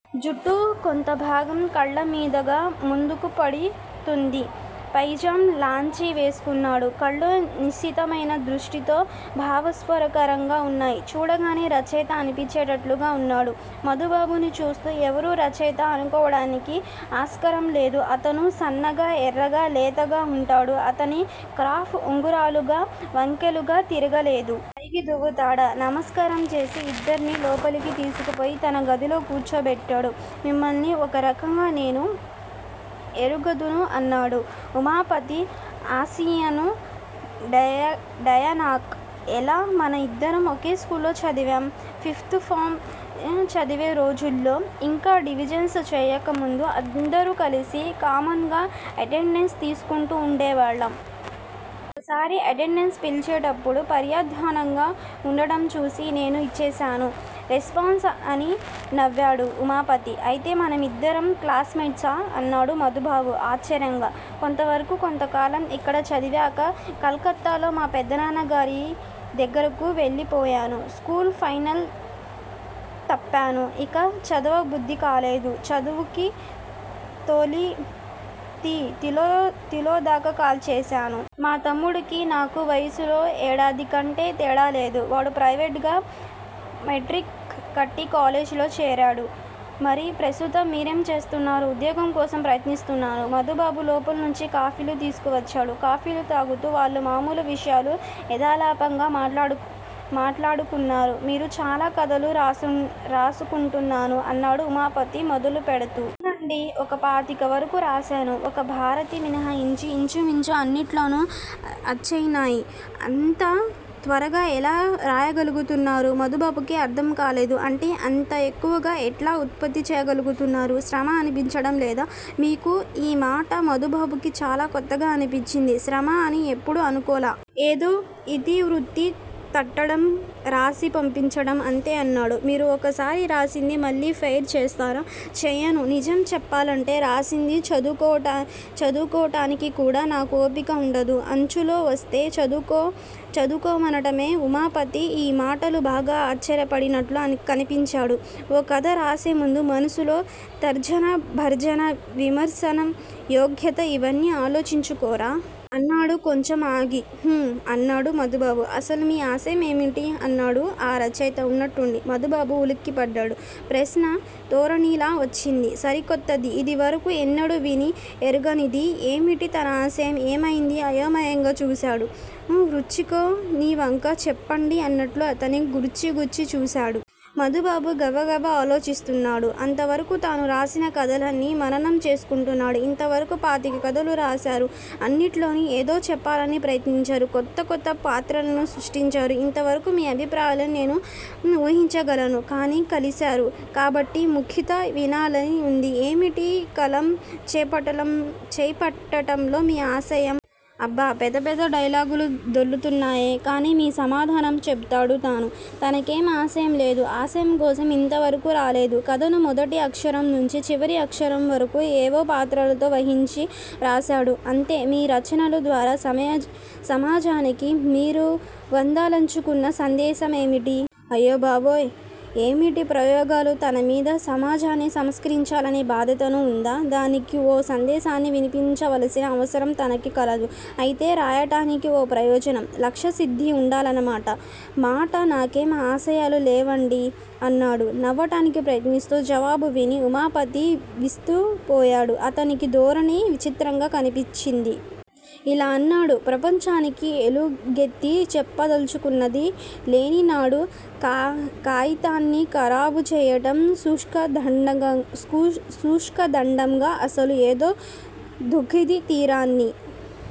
జుట్టు కొంతభాగం కళ్లమీదుగా ముందుకు పడుతోంది. పైజమా, లాల్చీ వేసుకున్నాడు. కళ్ళు నిశితమైన దృష్టితో, భావస్ఫోరకంగా వున్నాయి. చూడగానే రచయిత అనిపించేటట్లుగా వున్నాడు. మధుబాబుని చూస్తే ఎవ్వరూ రచయిత అనుకోవడానికి ఆస్కారం లేదు. అతను సన్నగా, ఎర్రగా, లేతగా వుంటాడు. అతని క్రాఫ్ ఉంగరాలుగాని, వంకెలుగాని తిరగలేదు. పైకి దువ్వుతాడు. నమస్కారంచేసి ఇద్దర్నీ లోపలకు తీసుకుపోయి తనగదిలో కూర్చోబెట్టాడు. మిమ్మల్ని ఓ రకంగా నేను యెరుగుదును అన్నాడు ఉమాపతి ఆసీను డయినాక. ఎలా? మనం ఇద్దరం ఒకే స్కూల్లోనే చదివాం, ఫిప్త్ ఫారం చదివేరోజుల్లో ఇంకా డివిజన్స్ చెయ్యకముందు అందరకూ కలసి కామన్గా అటెండెన్స్ తీసుకుంటూ వుండేవాళ్లు. ఓసారి అటెండెన్స్ పిలిచేటప్పుడు పరధ్యానంగా వుండటంచూసి నేనే ఇచ్చేశాను రెస్పాన్స్ అని నవ్వాడు ఉమాపతి. అయితే మనమిద్దరం క్లాసుమెట్సుమా? అన్నాడు మధుబాబు ఆశ్చర్యంగా. కొంతవరకూ కొంతకాలం ఇక్కడ చదివాక కలకత్తాలో మా పెదనాన్నగారి దగ్గరకు వెళ్లిపోయాను. School final తప్పాను. ఇంక చదవబుద్ధి కాలేదు. చదువుకి తిలోదకాలిచ్చేశాను. మా తమ్ముడికీ నాకూ వయస్సులో ఏడాదికంటే తేడాలేదు. వాడు ప్రైవేట్ గా మెట్రిక్ కట్టి కాలేజీలో చేరాడు. మరి ప్రస్తుతం మీరేం చేస్తున్నారు? ఉద్యోగంకోసం ప్రయత్నిస్తున్నాను. మధుబాబు లోపల్నుంచి కాఫీలు తీసుకువచ్చాడు. కాఫీలు త్రాగుతూ వాళ్ళు మామూలు విషయాలు యధాలాపంగా మాటలాడుకున్నారు. మీరు చాలా కథలు రాశారనుకుంటాను అన్నాడు ఉమాపతి మొదలు పెడ్తూ. ఔనండీ! ఓ పాతికవరకూ రాశాను. ఒక్క భారతి మినహాయించి, ఇంచుమించు అన్నిట్లోనూ అచ్చయినాయి. అంత త్వరగా ఎలా వ్రాయగలుగుతున్నారు? మధుబాబుకి అర్థంకాలేదు. అంటే? అంత యెక్కువగా యెట్లా ఉత్పత్తి చేయగలుగుతున్నారు? శ్రమ అనిపించటం లేదూ మీకు? ఈ మాట మధుబాబుకి చాలాకొత్తగా అనిపించింది. శ్రమ అని యెప్పుడూ అనుకోలా. ఏదో ఇతి వృత్తి తట్టడం, రాసి పంపించటo అంతే అన్నాడు. మీరు ఒకసారి రాసింది మళ్ళీ ఫెయిర్ చేస్తారా? చెయ్యను. నిజం చెప్పాలంటే రాసింది చదువుకొనటానిక్కూడా నాకు ఓపిక వుండదు. అచ్చులో వస్తే చదువుకో మనటమే. ఉమాపతి యీ మాటలకు బాగా ఆశ్చర్యపడినట్లు కనిపించాడు. ఓ కథ రాసేముందు మనసులో తర్జనభర్జన, విమర్శమ్ యోగ్యత ఇవన్నీ ఆలోచించుకోరా? అన్నాడు కొంచెం ఆగి. ఉహుఁ అన్నాడు మధుబాబు. అసలు మీ ఆశయం ఏమిటి? ' అన్నాడు ఆ రచయిత వున్నట్టుండి. మధుబాబు ఉలిక్కిపడ్డాడు. ప్రశ్న తోరనీలా వచ్చింది. సరికొత్తది. యిదివరకు ఎన్నడూ విని యెరుగనిది. ఏమిటి తన ఆశయం? ఏమైంది? అయోమయంగా చూశాడు పృచ్చకునివంక. చెప్పండి అన్నట్లు అతను గ్రుచ్చి గ్రుచ్చి చూశాడు. మధుబాబు గబగబ ఆలోచిస్తున్నాడు. అంతవరకు తాను రాసిన కథలన్నీ మననం చేసుకుంటున్నాడు. ఇంతవరకూ పాతిక కథలు రాశారు. అన్నిట్లోనూ ఏదో చెప్పాలని ప్రయత్నించారు. కొత్త కొత్త పాత్రల్ని సృష్టించారు. కొంతవరకు మీ అభిప్రాయాల్ని నేను వూహించగలను. కానీ కలిశారు కాబట్టి ముఖిత వినాలని వుంది. ఏమిటి కలం చేపట్టటంలో మీ ఆశయం? అబ్బ! పెద్ద పెద్ద డైలాగులు దొర్లుతున్నాయి. కాని మీ సమాధానం చెబుతాడు తాను! తనకేమీ ఆశయం లేదు. ఆశయం కోసం యింతవరకూ రాలేదు. కథను మొదటి అక్షరంనుంచీ చివరి అక్షరం వరకూ ఏవో పాత్రలతో వూహించి రాశాడు అంతే. మీ రచనల ద్వారా సమాజానికి మీరువ్వదలచుకున్న సందేశమేమిటి? అయ్యబాబోయ్! ఏమిటీ ప్రయోగాలు తనమీద? సమాజాన్ని సంస్కరించా లని బాధతోను ఉందా? దానికి ఓ సందేశాన్ని వినిపించవలసిన అవసరం తనకు కలదా? ఐతే రాయటానికి ఓ ప్రయోజనం, లక్ష్యసిద్ధీ వుండాలన్న మాట. నాకేమీ ఆశయాలు లేవండీ అన్నాడు నవ్వటానికి ప్రయత్నిస్తూ. జవాబు విని ఉమాపతి విస్తుపోయాడు. అతనికీ ధోరణి విచిత్రంగా కన్పించింది. ఇలా అన్నాడు. ప్రపంచానికి ఎలుగెత్తి చెప్పదల్చుకున్నది లేనినాడు కాయితాన్ని ఖరాబు చేయటం శుష్క దండంగ. అసలు ఏదో దుఃఖిది, తీరని